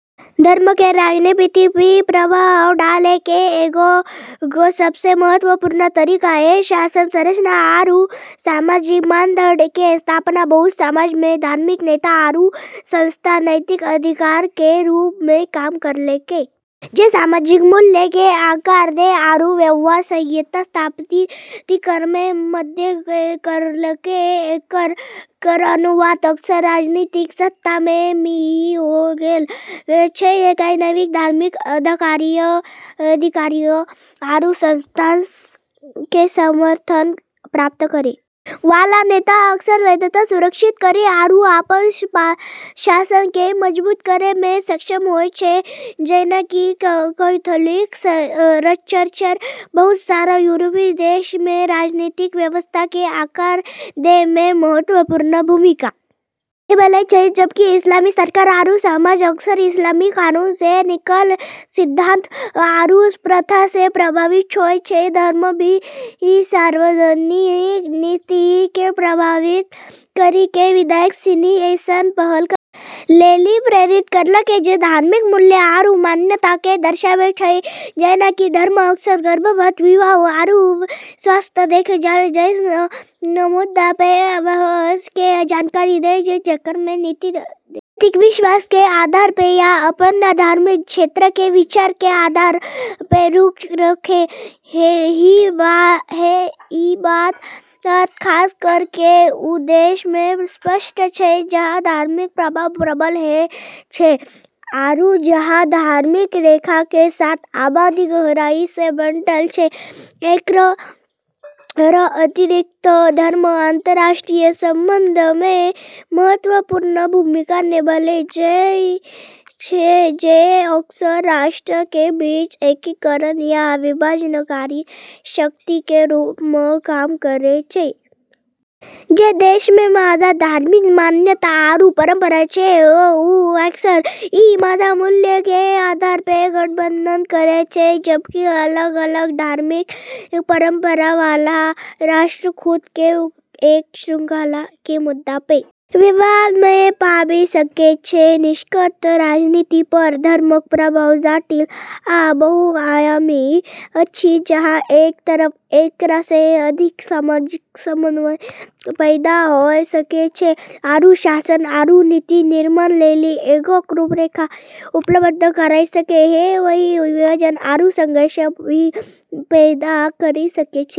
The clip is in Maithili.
धर्म केरऽ राजनीति पे प्रभाव डालै के एगो सबसें महत्वपूर्ण तरीका छै शासन संरचना आरू सामाजिक मानदंडऽ के स्थापना बहुत समाजऽ मे धार्मिक नेता आरू संस्था नैतिक अधिकार के रूप मे काम करलकै जे सामाजिक मूल्यऽ के आकार दै आरू व्यवहार संहिता स्थापित करै मे मदद करलकै, एकरऽ अनुवाद अक्सर राजनीतिक सत्ता मे भी होय गेलऽ छै, कैन्हेंकि धार्मिक अधिकारियऽ आरू संस्थानऽ के समर्थन प्राप्त करै वाला नेता अक्सर वैधता सुरक्षित करै आरू अपनऽ शासन के मजबूत करै मे सक्षम होय छै जेना कि कैथोलिक चर्च बहुत सारा यूरोपीय देशऽ मे राजनीतिक व्यवस्था के आकार दै मे महत्वपूर्ण भूमिका निभैले छै, जबकि इस्लामी सरकार आरू समाज अक्सर इस्लामी कानून से निकललऽ सिद्धांत आरू प्रथा से प्रभावित होय छै, धर्म भी सार्वजनिक नीति के प्रभावित करी के विधायक सिनी के ऐसनऽ पहल करै लेली प्रेरित करलकै जे धार्मिक मूल्य आरू मान्यता के दर्शाबै छै जेना कि धर्म अक्सर गर्भपात, विवाह आरू स्वास्थ्य देखभाल जैसनऽ मुद्दा पे बहस के जानकारी दै छै जेकरा मे नीति निर्माता अपनऽ नैतिक विश्वास के आधार पे या अपनऽ धार्मिक क्षेत्र के विचार के आधार पे रुख रखै छै, ई बात खास करी के उ देशऽ मे स्पष्ट छै, जहां धार्मिक प्रभाव प्रबल छै आरू जहाँ धार्मिक रेखा के साथ आबादी गहराई से बंटलऽ छै, एकरऽ अतिरिक्त, धर्म अंतर्राष्ट्रीय संबंधऽ मे महत्वपूर्ण भूमिका निभैले छै जे अक्सर राष्ट्रऽ के बीच एकीकरण या विभाजनकारी शक्ति के रूप म॑ काम करै छै। जे देशऽ मे साझा धार्मिक मान्यता आरू परंपरा छै, उ अक्सर ई साझा मूल्यऽ के आधार पे गठबंधन करै छै, जबकि अलग-अलग धार्मिक परंपरा वाला राष्ट्र खुद के एक श्रृंखला के मुद्दा पे विवाद मे पाबी सकै छै, निष्कर्षतः राजनीति पर धर्मक प्रभाव जटिल आ बहुआयामी अछि, जहाँ एक तरफ एकरा से अधिक सामाजिक समन्वय पैदा होय सकै छै आरू शासन आरू नीति निर्माण लेली एगो रूपरेखा उपलब्ध कराय सकै छै, वहीं ई विभाजन आरू संघर्ष भी पैदा करी सकै छै।